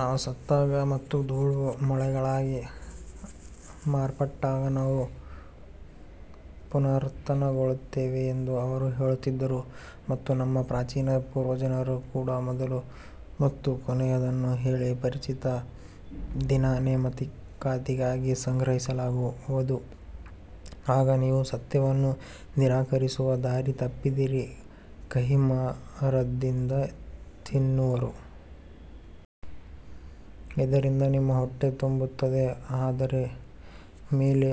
ನಾವು ಸತ್ತಾಗ ಮತ್ತು ಧೂಳು ಮತ್ತು ಮೂಳೆಗಳಾಗಿ ಮಾರ್ಪಟ್ಟಾಗ ನಾವು ಪುನರುತ್ಥಾನಗೊಳ್ಳುತ್ತೇವೆ ಎಂದು ಅವರು ಹೇಳುತ್ತಿದ್ದರು ಮತ್ತು ನಮ್ಮ ಪ್ರಾಚೀನ ಪೂರ್ವಜರು ಕೂಡ ಮೊದಲ ಮತ್ತು ಕೊನೆಯದನ್ನು ಹೇಳಿ ಪರಿಚಿತ ದಿನದ ನೇಮಕಾತಿಗಾಗಿ ಸಂಗ್ರಹಿಸಲಾಗುವುದು ಆಗ ನೀವು ಸತ್ಯವನ್ನು ನಿರಾಕರಿಸುವ ದಾರಿ ತಪ್ಪಿದಿರಿ ಕಹಿಮರದಿಂದ ತಿನ್ನುವರು ಇದರಿಂದ ನಿಮ್ಮ ಹೊಟ್ಟೆ ತುಂಬುತ್ತದೆ ಅದರ ಮೇಲೆ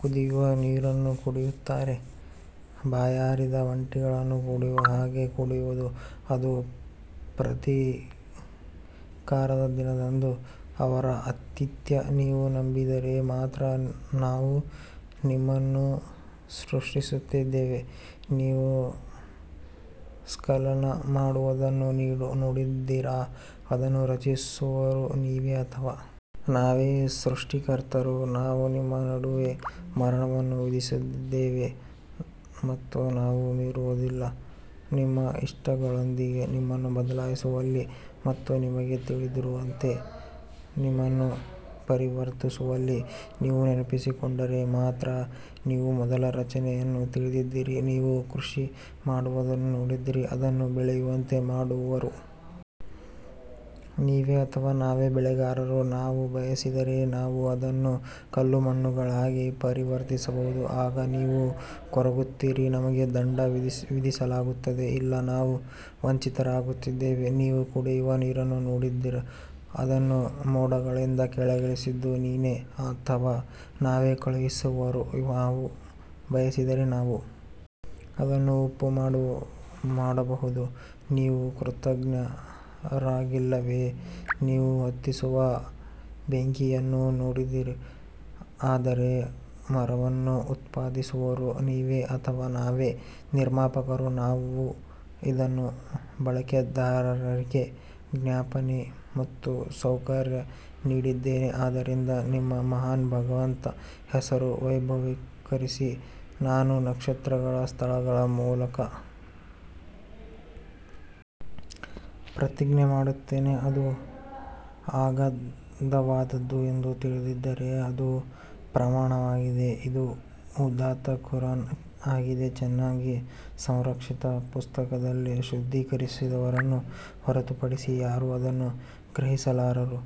ಕುದಿಯುವ ನೀರನ್ನು ಕುಡಿಯುತ್ತಾರೆ ಬಾಯಾರಿದ ಒಂಟೆಗಳು ಕುಡಿಯುವ ಹಾಗೆ ಕುಡಿಯುವುದು ಅದು ಪ್ರತೀಕಾರದ ದಿನದಂದು ಅವರ ಆತಿಥ್ಯ ನೀವು ನಂಬಿದರೆ ಮಾತ್ರ ನಾವು ನಿಮ್ಮನ್ನು ಸೃಷ್ಟಿಸಿದ್ದೇವೆ ನೀವು ಸ್ಖಲನ ಮಾಡುವುದನ್ನು ನೋಡಿದ್ದೀರಾ ಅದನ್ನು ರಚಿಸುವವರು ನೀವೇ ಅಥವಾ ನಾವೇ ಸೃಷ್ಟಿಕರ್ತರು ನಾವು ನಿಮ್ಮ ನಡುವೆ ಮರಣವನ್ನು ವಿಧಿಸಿದ್ದೇವೆ ಮತ್ತು ನಾವು ಮೀರುವುದಿಲ್ಲ ನಿಮ್ಮ ಇಷ್ಟಗಳೊಂದಿಗೆ ನಿಮ್ಮನ್ನು ಬದಲಾಯಿಸುವಲ್ಲಿ ಮತ್ತು ನಿಮಗೆ ತಿಳಿದಿಲ್ಲದಿರುವಂತೆ ನಿಮ್ಮನ್ನು ಪರಿವರ್ತಿಸುವಲ್ಲಿ ನೀವು ನೆನಪಿಸಿಕೊಂಡರೆ ಮಾತ್ರ ನೀವು ಮೊದಲ ರಚನೆಯನ್ನು ತಿಳಿದಿದ್ದೀರಿ ನೀವು ಕೃಷಿ ಮಾಡುವುದನ್ನು ನೋಡಿದ್ದೀರಾ ಅದನ್ನು ಬೆಳೆಯುವಂತೆ ಮಾಡುವವರು ನೀವೇ ಅಥವಾ ನಾವೇ ಬೆಳೆಗಾರರು ನಾವು ಬಯಸಿದರೆ ನಾವು ಅದನ್ನು ಕಲ್ಲುಮಣ್ಣುಗಳಾಗಿ ಪರಿವರ್ತಿಸಬಹುದು ಆಗ ನೀವು ಕೊರಗುತ್ತೀರಿ ನಮಗೆ ದಂಡ ವಿಧಿಸಲಾಗುತ್ತದೆ ಇಲ್ಲ ನಾವು ವಂಚಿತರಾಗುತ್ತಿದ್ದೇವೆ ನೀವು ಕುಡಿಯುವ ನೀರನ್ನು ನೋಡಿದ್ದೀರಾ ಅದನ್ನು ಮೋಡಗಳಿಂದ ಕೆಳಗಿಳಿಸಿದ್ದು ನೀನೇ ಅಥವಾ ನಾವೇ ಕಳುಹಿಸುವವರು ನಾವು ಬಯಸಿದರೆ ನಾವು ಅದನ್ನು ಉಪ್ಪು ಮಾಡಬಹುದು ನೀವು ಕೃತಜ್ಞರಾಗಿಲ್ಲವೇ ನೀವು ಹೊತ್ತಿಸುವ ಬೆಂಕಿಯನ್ನು ನೋಡಿದ್ದೀರಾ ಅದರ ಮರವನ್ನು ಉತ್ಪಾದಿಸುವವರು ನೀವೇ ಅಥವಾ ನಾವೇ ನಿರ್ಮಾಪಕರು ನಾವು ಇದನ್ನು ಬಳಕೆದಾರರಿಗೆ ಜ್ಞಾಪನೆ ಮತ್ತು ಸೌಕರ್ಯವನ್ನು ನೀಡಿದ್ದೇವೆ ಆದ್ದರಿಂದ ನಿಮ್ಮ ಮಹಾನ್ ಭಗವಂತನ ಹೆಸರನ್ನು ವೈಭವೀಕರಿಸಿ ನಾನು ನಕ್ಷತ್ರಗಳ ಸ್ಥಳಗಳ ಮೂಲಕ ಪ್ರತಿಜ್ಞೆ ಮಾಡುತ್ತೇನೆ ಅದು ಅಗಾಧವಾದದ್ದು ಎಂದು ತಿಳಿದಿದ್ದರೆ ಅದು ಪ್ರಮಾಣವಾಗಿದೆ ಇದು ಉದಾತ್ತ ಕುರಾನ್ ಆಗಿದೆ ಚೆನ್ನಾಗಿ ಸಂರಕ್ಷಿತ ಪುಸ್ತಕದಲ್ಲಿ ಶುದ್ಧೀಕರಿಸಿದವರನ್ನು ಹೊರತುಪಡಿಸಿ ಯಾರೂ ಅದನ್ನು ಗ್ರಹಿಸಲಾರರು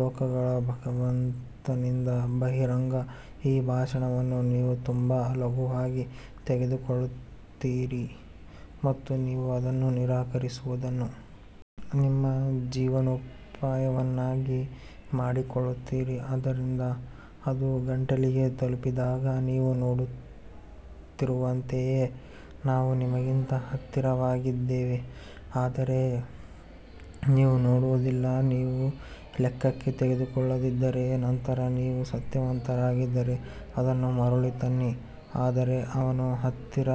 ಲೋಕಗಳ ಭಗವಂತನಿಂದ ಬಹಿರಂಗ ಈ ಭಾಷಣವನ್ನು ನೀವು ತುಂಬಾ ಲಘುವಾಗಿ ತೆಗೆದುಕೊಳ್ಳುತ್ತೀರಿ ಮತ್ತು ನೀವು ಅದನ್ನು ನಿರಾಕರಿಸುವುದನ್ನು ನಿಮ್ಮ ಜೀವನೋಪಾಯವನ್ನಾಗಿ ಮಾಡಿಕೊಳ್ಳುತ್ತೀರಿ ಆದ್ದರಿಂದ ಅದು ಗಂಟಲಿಗೆ ತಲುಪಿದಾಗ ನೀವು ನೋಡುತ್ತಿರುವಂತೆಯೇ ನಾವು ನಿಮಗಿಂತ ಹತ್ತಿರವಾಗಿದ್ದೇವೆ ಆದರೆ ನೀವು ನೋಡುವುದಿಲ್ಲ ನೀವು ಲೆಕ್ಕಕ್ಕೆ ತೆಗೆದುಕೊಳ್ಳದಿದ್ದರೆ ನಂತರ ನೀವು ಸತ್ಯವಂತರಾಗಿದ್ದರೆ ಅದನ್ನು ಮರಳಿ ತನ್ನಿ ಆದರೆ ಅವನು ಹತ್ತಿರ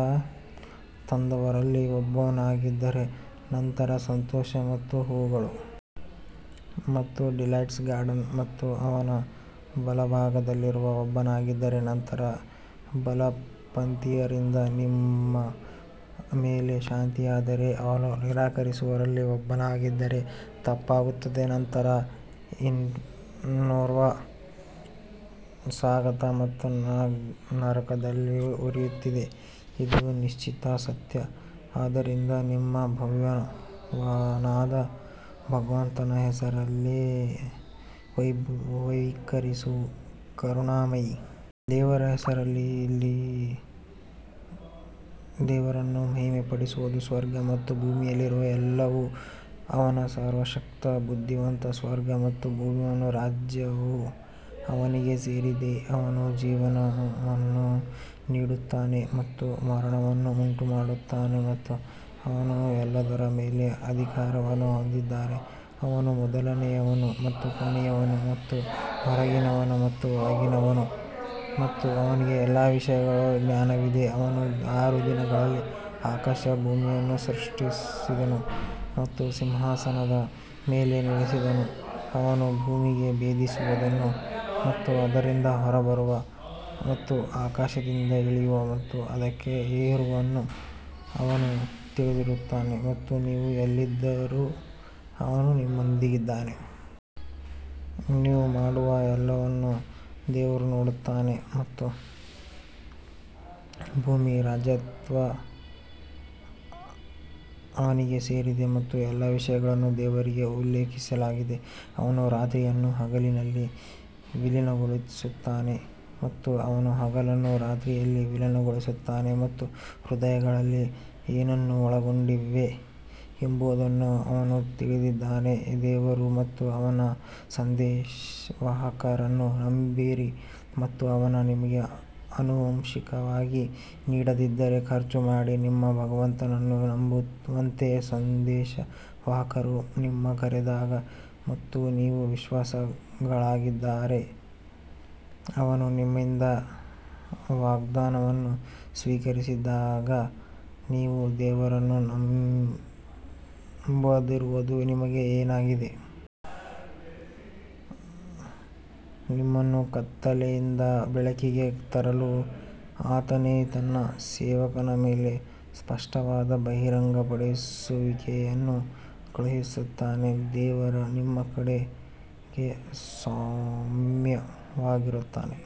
ತಂದವರಲ್ಲಿ ಒಬ್ಬನಾಗಿದ್ದರೆ ನಂತರ ಸಂತೋಷ ಮತ್ತು ಹೂವುಗಳು ಮತ್ತು ಡಿಲೈಟ್ಸ್ ಗಾರ್ಡನ್ ಮತ್ತು ಅವನು ಬಲಭಾಗದಲ್ಲಿರುವವರಲ್ಲಿ ಒಬ್ಬನಾಗಿದ್ದರೆ ನಂತರ ಬಲಪಂಥೀಯರಿಂದ ನಿಮ್ಮ ಮೇಲೆ ಶಾಂತಿ ಆದರೆ ಅವನು ನಿರಾಕರಿಸುವವರಲ್ಲಿ ಒಬ್ಬನಾಗಿದ್ದರೆ ತಪ್ಪಾಗುತ್ತದೆ ನಂತರ ಇನ್ಫರ್ನೊ ಸ್ವಾಗತ ಮತ್ತು ನರಕದಲ್ಲಿ ಉರಿಯುತ್ತಿದೆ ಇದು ನಿಶ್ಚಿತ ಸತ್ಯ ಆದ್ದರಿಂದ ನಿಮ್ಮ ಭವ್ಯನಾದ ಭಗವಂತನ ಹೆಸರನ್ನು ವೈಭವೀಕರಿಸು ಕರುಣಾಮಯಿ ದೇವರ ಹೆಸರಿನಲ್ಲಿ ದೇವರನ್ನು ಮಹಿಮೆಪಡಿಸುವುದು ಸ್ವರ್ಗ ಮತ್ತು ಭೂಮಿಯಲ್ಲಿರುವ ಎಲ್ಲವೂ ಅವನು ಸರ್ವಶಕ್ತ ಬುದ್ಧಿವಂತ ಸ್ವರ್ಗ ಮತ್ತು ಭೂಮಿಯ ರಾಜ್ಯವು ಅವನಿಗೆ ಸೇರಿದೆ, ಅವನು ಜೀವವನ್ನು ನೀಡುತ್ತಾನೆ ಮತ್ತು ಮರಣವನ್ನು ಉಂಟುಮಾಡುತ್ತಾನೆ ಮತ್ತು ಅವನು ಎಲ್ಲದರ ಮೇಲೆ ಅಧಿಕಾರವನ್ನು ಹೊಂದಿದ್ದಾನೆ ಅವನು ಮೊದಲನೆಯವನು ಮತ್ತು ಕೊನೆಯವನು ಮತ್ತು ಹೊರಗಿನವನು ಮತ್ತು ಒಳಗಿನವನು ಮತ್ತು ಅವನಿಗೆ ಎಲ್ಲಾ ವಿಷಯಗಳ ಜ್ಞಾನವಿದೆ ಅವನು ಆರು ದಿನಗಳಲ್ಲಿ ಆಕಾಶ ಮತ್ತು ಭೂಮಿಯನ್ನು ಸೃಷ್ಟಿಸಿದನು ಮತ್ತು ಸಿಂಹಾಸನದ ಮೇಲೆ ನೆಲೆಸಿದನು, ಅವನು ಭೂಮಿಗೆ ಭೇದಿಸುವುದನ್ನು ಮತ್ತು ಅದರಿಂದ ಹೊರಬರುವ ಮತ್ತು ಆಕಾಶದಿಂದ ಇಳಿಯುವ ಮತ್ತು ಅದಕ್ಕೆ ಏರುವದನ್ನು ಅವನು ತಿಳಿದಿರುತ್ತಾನೆ ಮತ್ತು ನೀವು ಎಲ್ಲಿದ್ದರೂ ಅವನು ನಿಮ್ಮೊಂದಿಗಿದ್ದಾನೆ. ನೀವು ಮಾಡುವ ಎಲ್ಲವನ್ನೂ ದೇವರು ನೋಡುತ್ತಾನೆ ಆಕಾಶ ಮತ್ತು ಭೂಮಿಯ ರಾಜತ್ವವು ಅವನಿಗೆ ಸೇರಿದೆ ಮತ್ತು ಎಲ್ಲಾ ವಿಷಯಗಳನ್ನು ದೇವರಿಗೆ ಉಲ್ಲೇಖಿಸಲಾಗಿದೆ ಅವನು ರಾತ್ರಿಯನ್ನು ಹಗಲಿನಲ್ಲಿ ವಿಲೀನಗೊಳಿಸುತ್ತಾನೆ ಮತ್ತು ಅವನು ಹಗಲನ್ನು ರಾತ್ರಿಯಲ್ಲಿ ವಿಲೀನಗೊಳಿಸುತ್ತಾನೆ ಮತ್ತು ಹೃದಯಗಳು ಏನನ್ನು ಒಳಗೊಂಡಿವೆ ಎಂಬುದನ್ನು ಅವನು ತಿಳಿದಿದ್ದಾನೆ ದೇವರು ಮತ್ತು ಅವನ ಸಂದೇಶವಾಹಕರನ್ನು ನಂಬಿರಿ ಮತ್ತು ಅವನು ನಿಮಗೆ ಆನುವಂಶಿಕವಾಗಿ ನೀಡಿದ್ದರಿಂದ ಖರ್ಚು ಮಾಡಿ ನಿಮ್ಮ ಭಗವಂತನನ್ನು ನಂಬುವಂತೆ ಸಂದೇಶವಾಹಕರು ನಿಮ್ಮನ್ನು ಕರೆದಾಗ ಮತ್ತು ನೀವು ವಿಶ್ವಾಸಿಗಳಾಗಿದ್ದರೆ ಅವನು ನಿಮ್ಮಿಂದ ವಾಗ್ದಾನವನ್ನು ಸ್ವೀಕರಿಸಿದಾಗ ನೀವು ದೇವರನ್ನು ನಂಬದಿರುವುದು ನಿಮಗೆ ಏನಾಗಿದೆ? ನಿಮ್ಮನ್ನು ಕತ್ತಲೆಯಿಂದ ಬೆಳಕಿಗೆ ತರಲು ಆತನೇ ತನ್ನ ಸೇವಕನ ಮೇಲೆ ಸ್ಪಷ್ಟವಾದ ಬಹಿರಂಗಪಡಿಸುವಿಕೆಯನ್ನು ಕಳುಹಿಸುತ್ತಾನೆ, ದೇವರು ನಿಮ್ಮ ಕಡೆಗೆ ಸೌಮ್ಯವಾಗಿರುತ್ತಾನೆ.